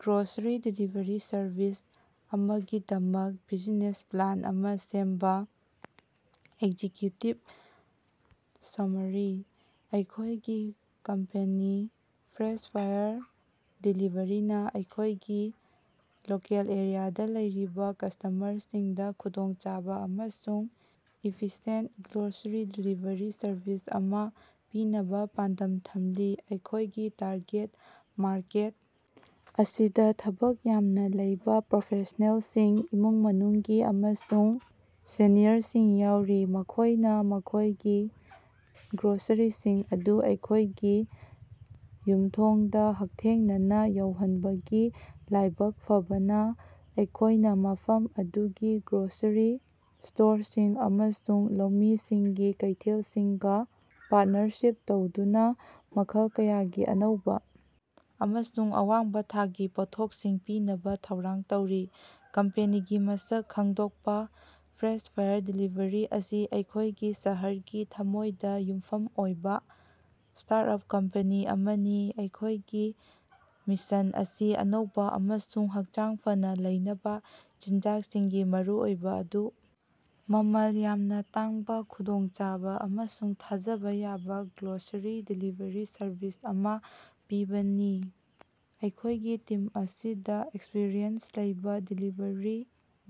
Grocery delivery service ꯑꯃꯒꯤꯗꯃꯛ business plan ꯑꯃꯥ ꯁꯦꯝꯕꯥ꯫ ꯑꯦꯛꯖꯤꯀ꯭ꯌꯨꯇꯤꯕ ꯁꯣꯃꯥꯔꯤ: ꯑꯩꯈꯣꯏꯒꯤ ꯀꯝꯄꯦꯅꯤ ꯐ꯭ꯔꯦꯁ ꯐꯦꯌꯔ ꯗꯦꯂꯤꯕꯔꯤꯅꯥ ꯑꯩꯈꯣꯏꯒꯤ ꯂꯣꯀꯦꯜ ꯑꯦꯔꯤꯌꯥꯗꯥ ꯂꯩꯔꯤꯕꯥ ꯀꯁꯇꯃꯔꯁꯤꯡꯗꯥ ꯈꯨꯗꯣꯡꯆꯥꯕꯥ ꯑꯃꯁꯨꯡ ꯏꯐꯤꯁꯤꯌꯦꯟꯇ ꯒ꯭ꯔꯣꯁꯔꯤ ꯗꯦꯂꯤꯕꯔꯤ ꯁꯔꯕꯤꯁ ꯑꯃꯥ ꯄꯤꯅꯕꯥ ꯄꯥꯟꯗꯝ ꯊꯝꯂꯤ꯫ ꯑꯩꯈꯣꯏꯒꯤ ꯇꯥꯔꯒꯦꯠ ꯃꯥꯔꯀꯦꯠ ꯑꯁꯤꯗꯥ ꯊꯕꯛ ꯌꯥꯝꯅꯥ ꯂꯩꯕꯥ ꯄ꯭ꯔꯣꯐꯦꯁꯅꯦꯜꯁꯤꯡ, ꯏꯃꯨꯡ ꯃꯅꯨꯡꯁꯤꯡ, ꯑꯃꯁꯨꯡ ꯁꯦꯅꯤꯌꯔꯁꯤꯡ ꯌꯥꯎꯔꯤ, ꯃꯈꯣꯏꯅꯥ ꯃꯈꯣꯏꯒꯤ ꯒ꯭ꯔꯣꯁꯔꯤꯁꯤꯡ ꯑꯗꯨ ꯃꯈꯣꯏꯒꯤ ꯌꯨꯝꯊꯣꯡꯗꯥ ꯍꯛꯊꯦꯡꯅꯅꯥ ꯌꯧꯍꯟꯕꯒꯤ ꯂꯥꯏꯕꯛ ꯐꯕꯅꯤ꯫ ꯑꯩꯈꯣꯏꯅꯥ ꯃꯐꯝ ꯑꯗꯨꯒꯤ ꯒ꯭ꯔꯣꯁꯔꯤ ꯁ꯭ꯇꯣꯔꯁꯤꯡ ꯑꯃꯁꯨꯡ ꯂꯧꯃꯤꯁꯤꯡꯒꯤ ꯀꯩꯊꯦꯜꯁꯤꯡꯒꯥ ꯄꯥꯔꯠꯅꯔꯁꯤꯞ ꯇꯧꯗꯨꯅꯥ ꯃꯈꯜ ꯀꯌꯥꯒꯤ ꯑꯅꯧꯕꯥ ꯑꯃꯁꯨꯡ ꯑꯋꯥꯡꯕꯥ ꯊꯥꯛꯀꯤ ꯄꯣꯠꯊꯣꯛꯁꯤꯡ ꯄꯤꯅꯕꯥ ꯊꯧꯔꯥꯡ ꯇꯧꯔꯤ꯫ ꯀꯝꯄꯦꯅꯤꯒꯤ ꯃꯁꯛ ꯈꯪꯗꯣꯛꯄꯥ: ꯐ꯭ꯔꯦꯁ ꯐꯦꯌꯔ ꯗꯦꯂꯤꯕꯔꯤ ꯑꯁꯤ ꯑꯩꯈꯣꯏꯒꯤ ꯁꯍꯔꯒꯤ ꯊꯃꯣꯏꯗꯥ ꯌꯨꯝꯐꯝ ꯑꯣꯏꯕꯥ ꯁ꯭ꯇꯥꯔꯠꯑꯞ ꯀꯝꯄꯦꯅꯤ ꯑꯃꯅꯤ꯫ ꯑꯩꯈꯣꯏꯒꯤ ꯃꯤꯁꯟ ꯑꯁꯤ ꯑꯅꯧꯕꯥ ꯑꯃꯁꯨꯡ ꯍꯛꯆꯥꯡ ꯐꯅꯥ ꯂꯩꯅꯕꯥ ꯆꯤꯟꯖꯥꯛꯁꯤꯡꯒꯤ ꯃꯔꯨꯑꯣꯏꯕꯥ ꯑꯗꯨ ꯃꯃꯜ ꯌꯥꯝꯅꯥ ꯇꯥꯡꯕꯥ ꯈꯨꯗꯣꯡꯆꯥꯕꯥ ꯑꯃꯁꯨꯡ ꯊꯥꯖꯕꯥ ꯌꯥꯕꯥ ꯒ꯭ꯔꯣꯁꯔꯤ ꯗꯦꯂꯤꯕꯔꯤ ꯁꯔꯚꯤꯁ ꯑꯃꯥ ꯄꯤꯕꯅꯤ꯫ ꯑꯩꯈꯣꯏꯒꯤ ꯇꯤꯝ ꯑꯁꯤꯗꯥ ꯑꯦꯛꯁꯄꯔꯤꯌꯦꯟꯁ ꯂꯩꯕꯥ ꯗꯦꯂꯤꯕꯔꯤ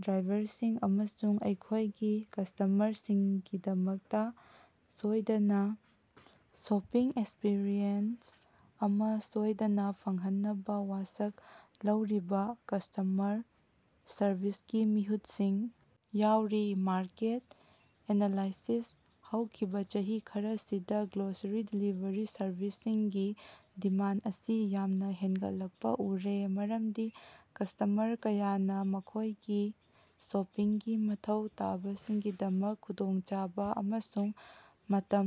ꯗ꯭ꯔꯥꯏꯚꯔꯁꯤꯡ ꯑꯃꯁꯨꯡ ꯑꯩꯈꯣꯏꯒꯤ ꯀꯁꯇꯃꯔꯁꯤꯡꯒꯤꯗꯃꯛꯇꯥ ꯁꯣꯏꯗꯅꯥ ꯁꯣꯄꯤꯡ ꯑꯦꯛꯁꯄꯤꯔꯤꯑꯦꯟꯁ ꯑꯃꯥ ꯁꯣꯏꯗꯅꯥ ꯐꯪꯍꯟꯅꯕꯥ ꯋꯥꯁꯛ ꯂꯧꯔꯤꯕꯥ ꯀꯁꯇꯃꯔ ꯁꯔꯕꯤꯁꯀꯤ ꯃꯤꯍꯨꯠꯁꯤꯡ ꯌꯥꯎꯔꯤ꯫ ꯃꯥꯔꯀꯦꯠ ꯑꯦꯅꯥꯂꯥꯏꯁꯤꯁ: ꯍꯧꯈꯤꯕꯥ ꯆꯍꯤ ꯈꯔꯁꯤꯗꯥ ꯒ꯭ꯔꯣꯁꯔꯤ ꯗꯦꯂꯤꯕꯔꯤ ꯁꯔꯚꯤꯁꯁꯤꯡꯒꯤ ꯗꯤꯃꯥꯟ ꯑꯁꯤ ꯌꯥꯝꯅꯥ ꯍꯦꯟꯒꯠꯂꯛꯄꯥ ꯎꯔꯦ ꯃꯔꯝꯗꯤ ꯀꯁꯇꯃꯔ ꯀꯌꯥꯅꯥ ꯃꯈꯣꯏꯒꯤ ꯁꯣꯄꯤꯡꯒꯤ ꯃꯊꯧ ꯇꯥꯕꯁꯤꯡꯒꯤꯗꯃꯛ ꯈꯨꯗꯣꯡꯆꯥꯕꯥ ꯑꯃꯁꯨꯡ ꯃꯇꯝ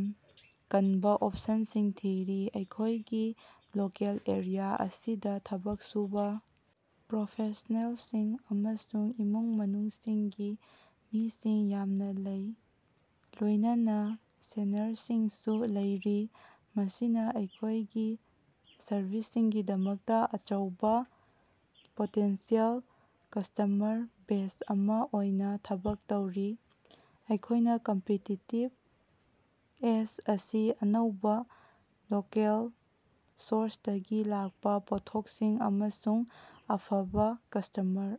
ꯀꯟꯕ ꯑꯣꯞꯁꯟꯁꯤꯡ ꯊꯤꯔꯤ꯫ ꯑꯩꯈꯣꯏꯒꯤ ꯂꯣꯀꯦꯜ ꯑꯦꯔꯤꯌꯥ ꯑꯁꯤꯗꯥ ꯊꯕꯛ ꯁꯨꯕꯥ ꯄ꯭ꯔꯣꯐꯦꯁꯅꯦꯜꯁꯤꯡ ꯑꯃꯁꯨꯡ ꯏꯃꯨꯡ ꯃꯅꯨꯡꯁꯤꯡꯒꯤ ꯃꯤꯁꯤꯡ ꯌꯥꯝꯅꯥ ꯂꯩ, ꯂꯣꯏꯅꯅꯥ ꯁꯦꯅꯤꯌꯔꯁꯤꯡꯁꯨ ꯂꯩꯔꯤ, ꯃꯁꯤꯅꯥ ꯑꯩꯈꯣꯏꯒꯤ ꯁꯔꯕꯤꯁꯁꯤꯡꯒꯤꯗꯃꯛꯇꯥ ꯑꯆꯧꯕꯥ ꯄꯣꯇꯦꯟꯁꯤꯌꯦꯜ ꯀꯁꯇꯃꯔ ꯕꯦꯖ ꯑꯃꯥ ꯑꯣꯏꯅꯥ ꯊꯕꯛ ꯇꯧꯔꯤ꯫ ꯑꯩꯈꯣꯏꯒꯤ ꯀꯝꯄꯤꯇꯤꯇꯤꯕ ꯑꯦꯖ ꯑꯁꯤ ꯑꯅꯧꯕꯥ, ꯂꯣꯀꯦꯜ ꯁꯣꯔꯁꯇꯒꯤ ꯂꯥꯛꯄꯥ ꯄꯣꯠꯊꯣꯛꯁꯤꯡ ꯑꯃꯁꯨꯡ ꯑꯐꯕꯥ ꯀꯁꯇꯃꯔ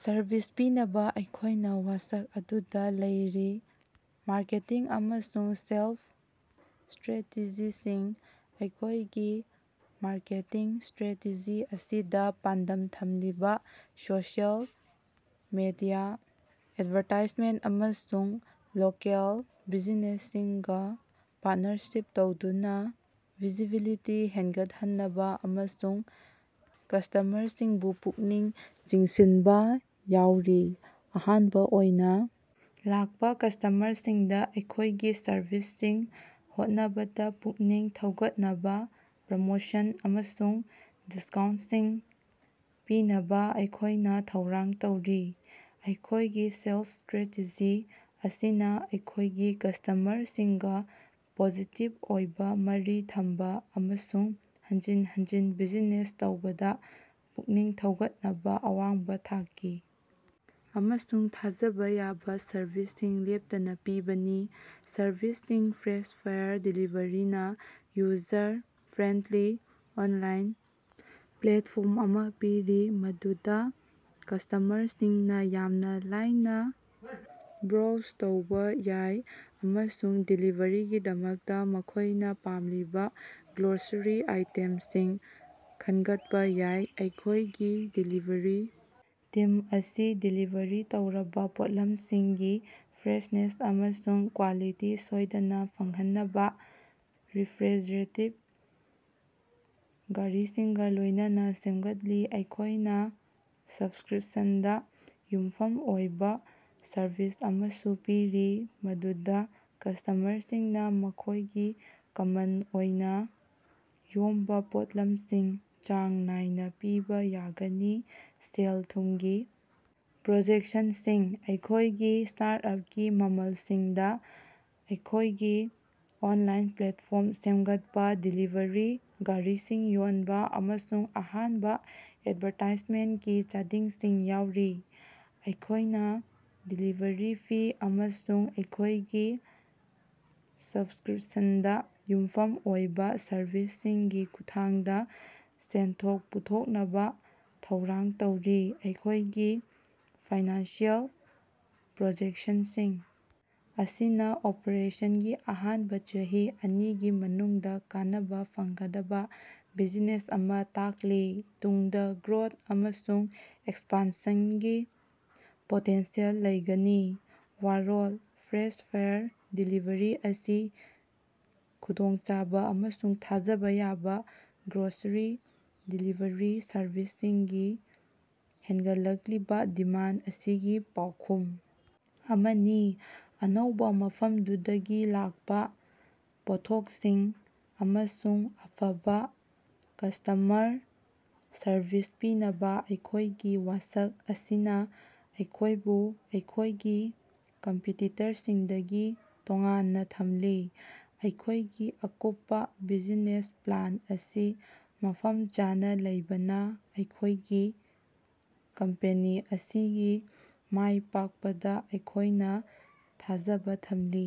ꯁꯔꯕꯤꯁ ꯄꯤꯅꯕꯥ ꯑꯩꯈꯣꯏꯅꯥ ꯋꯥꯁꯛ ꯑꯗꯨꯗꯥ ꯂꯩꯔꯤ꯫ ꯃꯥꯔꯀꯦꯇꯤꯡ ꯑꯃꯁꯨꯡ ꯁꯦꯜꯁ ꯁꯇ꯭ꯔꯦꯇꯦꯖꯤꯁꯤꯡ: ꯑꯩꯈꯣꯏꯒꯤ ꯃꯥꯔꯀꯦꯇꯤꯡ ꯁꯇ꯭ꯔꯦꯇꯦꯖꯤ ꯑꯁꯤꯗꯥ ꯄꯥꯟꯗꯝ ꯊꯝꯂꯤꯕꯥ ꯁꯣꯁꯤꯑꯦꯜ ꯃꯦꯗꯤꯌꯥ ꯑꯦꯗꯚꯔꯇꯥꯏꯖꯃꯦꯟ ꯑꯃꯁꯨꯡ ꯂꯣꯀꯦꯜ ꯕꯤꯖꯤꯅꯦꯁꯁꯤꯡꯒꯥ ꯄꯥꯔꯠꯅꯔꯁꯤꯞ ꯇꯧꯗꯨꯅꯥ ꯚꯤꯖꯤꯕꯤꯂꯤꯇꯤ ꯍꯦꯟꯒꯠꯍꯟꯅꯕꯥ ꯑꯃꯁꯨꯡ ꯀꯁꯇꯃꯔꯁꯤꯡꯕꯨ ꯄꯨꯛꯅꯤꯡ ꯆꯤꯡꯁꯤꯟꯕꯥ ꯌꯥꯎꯔꯤ꯫ ꯑꯍꯥꯟꯕꯥ ꯑꯣꯏꯅꯥ ꯂꯥꯛꯄꯥ ꯀꯁꯇꯃꯔꯁꯤꯡꯗꯥ ꯑꯩꯈꯣꯏꯒꯤ ꯁꯔꯚꯤꯁꯁꯤꯡ ꯍꯣꯠꯅꯕꯗꯥ ꯄꯨꯛꯅꯤꯡ ꯊꯧꯒꯠꯅꯕꯥ ꯄ꯭ꯔꯃꯣꯁꯟ ꯑꯃꯁꯨꯡ ꯗꯤꯁꯀꯥꯎꯟꯠꯁꯤꯡ ꯄꯤꯅꯕꯥ ꯑꯩꯈꯣꯏꯅꯥ ꯊꯧꯔꯥꯡ ꯇꯧꯔꯤ꯫ ꯑꯩꯈꯣꯏꯒꯤ ꯁꯦꯜꯁ ꯁꯇ꯭ꯔꯦꯇꯦꯖꯤ ꯑꯁꯤꯅꯥ ꯑꯩꯈꯣꯏꯒꯤ ꯀꯁꯇꯃꯔꯁꯤꯡꯒꯥ ꯄꯣꯖꯤꯇꯤꯕ ꯑꯣꯏꯕꯥ ꯃꯔꯤ ꯊꯝꯕꯥ ꯑꯃꯁꯨꯡ ꯍꯟꯖꯤꯟ ꯍꯟꯖꯤꯟ ꯕꯤꯖꯤꯅꯦꯁ ꯇꯧꯕꯗꯥ ꯄꯨꯛꯅꯤꯡ ꯊꯧꯒꯠꯅꯕꯥ ꯑꯋꯥꯡꯕꯥ ꯊꯥꯛꯀꯤ ꯑꯃꯁꯨꯡ ꯊꯥꯖꯕꯥ ꯌꯥꯕꯥ ꯁꯔꯕꯤꯁꯁꯤꯡ ꯂꯦꯞꯇꯅꯥ ꯄꯤꯕꯅꯤ꯫ ꯁꯔꯚꯤꯁꯁꯤꯡ: ꯐ꯭ꯔꯦꯁ ꯐꯦꯌꯔ ꯗꯦꯂꯤꯕꯔꯤꯅꯥ ꯌꯨꯖꯔ ꯐ꯭ꯔꯦꯟꯗꯂꯤ ꯑꯣꯟꯂꯥꯏꯟ ꯄ꯭ꯂꯦꯠꯐꯣꯔꯝ ꯑꯃꯥ ꯄꯤꯔꯤ ꯃꯗꯨꯗꯥ ꯀꯁꯇꯃꯔꯁꯤꯡꯅꯥ ꯌꯥꯝꯅꯥ ꯂꯥꯏꯅꯥ ꯕ꯭ꯔꯣꯎꯖ ꯇꯧꯕꯥ ꯌꯥꯏ ꯑꯃꯁꯨꯡ ꯗꯦꯂꯤꯕꯔꯤꯒꯤꯗꯃꯛꯇꯥ ꯃꯈꯣꯏꯅꯥ ꯄꯥꯝꯂꯤꯕꯥ ꯒ꯭ꯔꯣꯁꯔꯤ ꯑꯥꯏꯇꯦꯝꯁꯤꯡ ꯈꯟꯒꯠꯄꯥ ꯌꯥꯏ꯫ ꯑꯩꯈꯣꯏꯒꯤ ꯗꯦꯂꯤꯕꯔꯤ ꯇꯤꯝ ꯑꯁꯤ ꯗꯦꯂꯤꯕꯔꯤ ꯇꯧꯔꯕꯥ ꯄꯣꯠꯂꯝꯁꯤꯡꯒꯤ ꯐ꯭ꯔꯦꯁꯅꯦꯁ ꯑꯃꯁꯨꯡ ꯀ꯭ꯋꯥꯂꯤꯇꯤ ꯁꯣꯏꯗꯅꯥ ꯐꯪꯍꯟꯅꯕꯥ ꯔꯦꯐ꯭ꯔꯤꯖꯔꯦꯇꯦꯗ ꯒꯥꯔꯤꯁꯤꯡꯒꯥ ꯂꯣꯏꯅꯅꯥ ꯁꯦꯝꯒꯠꯂꯤ꯫ ꯑꯩꯈꯣꯏꯅꯥ ꯁꯕꯁꯀ꯭ꯔꯤꯞꯁꯟꯗꯥ ꯌꯨꯝꯐꯝ ꯑꯣꯏꯕꯥ ꯁꯔꯚꯤꯁ ꯑꯃꯁꯨ ꯄꯤꯔꯤ ꯃꯗꯨꯗꯥ ꯀꯁꯇꯃꯔꯁꯤꯡꯅꯥ ꯃꯈꯣꯏꯒꯤ ꯀꯃꯟ ꯑꯣꯏꯅꯥ ꯌꯣꯟꯕꯥ ꯄꯣꯠꯂꯝꯁꯤꯡ ꯆꯥꯡ ꯅꯥꯏꯅꯥ ꯄꯤꯕꯥ ꯌꯥꯒꯅꯤ꯫ ꯁꯦꯜ-ꯊꯨꯝꯒꯤ ꯄ꯭ꯔꯣꯖꯦꯛꯁꯟꯁꯤꯡ: ꯑꯩꯈꯣꯏꯒꯤ ꯁ꯭ꯇꯥꯔꯠꯑꯞꯀꯤ ꯃꯃꯜꯁꯤꯡꯗꯥ ꯑꯩꯈꯣꯏꯒꯤ ꯑꯣꯟꯂꯥꯏꯟ ꯄ꯭ꯂꯦꯠꯐꯣꯔꯝ ꯁꯦꯝꯒꯠꯄꯥ, ꯗꯦꯂꯤꯕꯔꯤ ꯒꯥꯔꯤꯁꯤꯡ ꯌꯣꯟꯕꯥ, ꯑꯃꯁꯨꯡ ꯑꯍꯥꯟꯕꯥ ꯑꯦꯗꯚꯔꯇꯥꯏꯖꯃꯦꯟꯀꯤ ꯆꯥꯗꯤꯡꯁꯤꯡ ꯌꯥꯎꯔꯤ꯫ ꯑꯩꯈꯣꯏꯅꯥ ꯗꯦꯂꯤꯕꯔꯤ ꯐꯤ ꯑꯃꯁꯨꯡ ꯑꯩꯈꯣꯏꯒꯤ ꯁꯕꯁꯀ꯭ꯔꯤꯞꯁꯟꯗꯥ ꯌꯨꯝꯐꯝ ꯑꯣꯏꯕꯥ ꯁꯔꯕꯤꯁꯁꯤꯡꯒꯤ ꯈꯨꯠꯊꯥꯡꯗꯥ ꯁꯦꯟꯊꯣꯛ ꯄꯨꯊꯣꯛꯅꯕꯥ ꯊꯧꯔꯥꯡ ꯇꯧꯔꯤ꯫ ꯑꯩꯈꯣꯏꯒꯤ ꯐꯥꯏꯅꯥꯟꯁꯤꯑꯦꯜ ꯄ꯭ꯔꯣꯖꯦꯛꯁꯟꯁꯤꯡ ꯑꯁꯤꯅꯥ ꯑꯣꯄꯔꯦꯁꯟꯒꯤ ꯑꯍꯥꯟꯕꯥ ꯆꯍꯤ ꯑꯅꯤꯒꯤ ꯃꯅꯨꯡꯗꯥ ꯀꯥꯟꯅꯕꯥ ꯐꯪꯒꯗꯕꯥ ꯕꯤꯖꯤꯅꯦꯁ ꯑꯃꯥ ꯇꯥꯛꯂꯤ, ꯇꯨꯡꯗꯥ ꯒ꯭ꯔꯣꯊ ꯑꯃꯁꯨꯡ ꯑꯦꯛꯁꯄꯥꯟꯁꯟꯒꯤ ꯄꯣꯇꯦꯟꯁꯤꯌꯦꯜ ꯂꯩꯒꯅꯤ꯫ ꯋꯥꯔꯣꯜ: ꯐ꯭ꯔꯦꯁ ꯐꯦꯌꯔ ꯗꯦꯂꯤꯕꯔꯤ ꯑꯁꯤ ꯈꯨꯗꯣꯡꯆꯥꯕꯥ ꯑꯃꯁꯨꯡ ꯊꯥꯖꯕꯥ ꯌꯥꯕꯥ ꯒ꯭ꯔꯣꯁꯔꯤ ꯗꯦꯂꯤꯕꯔꯤ ꯁꯔꯚꯤꯁꯁꯤꯡꯒꯤ ꯍꯦꯟꯒꯠꯂꯛꯂꯤꯕꯥ ꯗꯤꯃꯥꯟ ꯑꯁꯤꯒꯤ ꯄꯥꯎꯈꯨꯝ ꯑꯃꯅꯤ꯫ ꯑꯅꯧꯕꯥ, ꯃꯐꯝꯗꯨꯗꯒꯤ ꯂꯥꯛꯄꯥ ꯄꯣꯠꯊꯣꯛꯁꯤꯡ ꯑꯃꯁꯨꯡ ꯑꯐꯕꯥ ꯀꯁꯇꯃꯔ ꯁꯔꯕꯤꯁ ꯄꯤꯅꯕꯥ ꯑꯩꯈꯣꯏꯒꯤ ꯋꯥꯁꯛ ꯑꯁꯤꯅꯥ ꯑꯩꯈꯣꯏꯕꯨ ꯑꯩꯈꯣꯏꯒꯤ ꯀꯝꯄꯤꯇꯤꯇꯔꯁꯤꯡꯗꯒꯤ ꯇꯣꯉꯥꯟꯅꯥ ꯊꯝꯂꯤ꯫ ꯑꯩꯈꯣꯏꯒꯤ ꯑꯀꯨꯞꯄꯥ ꯕꯤꯖꯤꯅꯦꯁ ꯄ꯭ꯂꯥꯟ ꯑꯁꯤ ꯃꯐꯝ ꯆꯥꯅꯥ ꯂꯩꯕꯅꯥ ꯑꯩꯈꯣꯏꯒꯤ ꯀꯝꯄꯦꯅꯤ ꯑꯁꯤꯒꯤ ꯃꯥꯏ ꯄꯥꯛꯄꯗꯥ ꯑꯩꯈꯣꯏꯅꯥ ꯊꯥꯖꯕꯥ ꯊꯝꯂꯤ꯫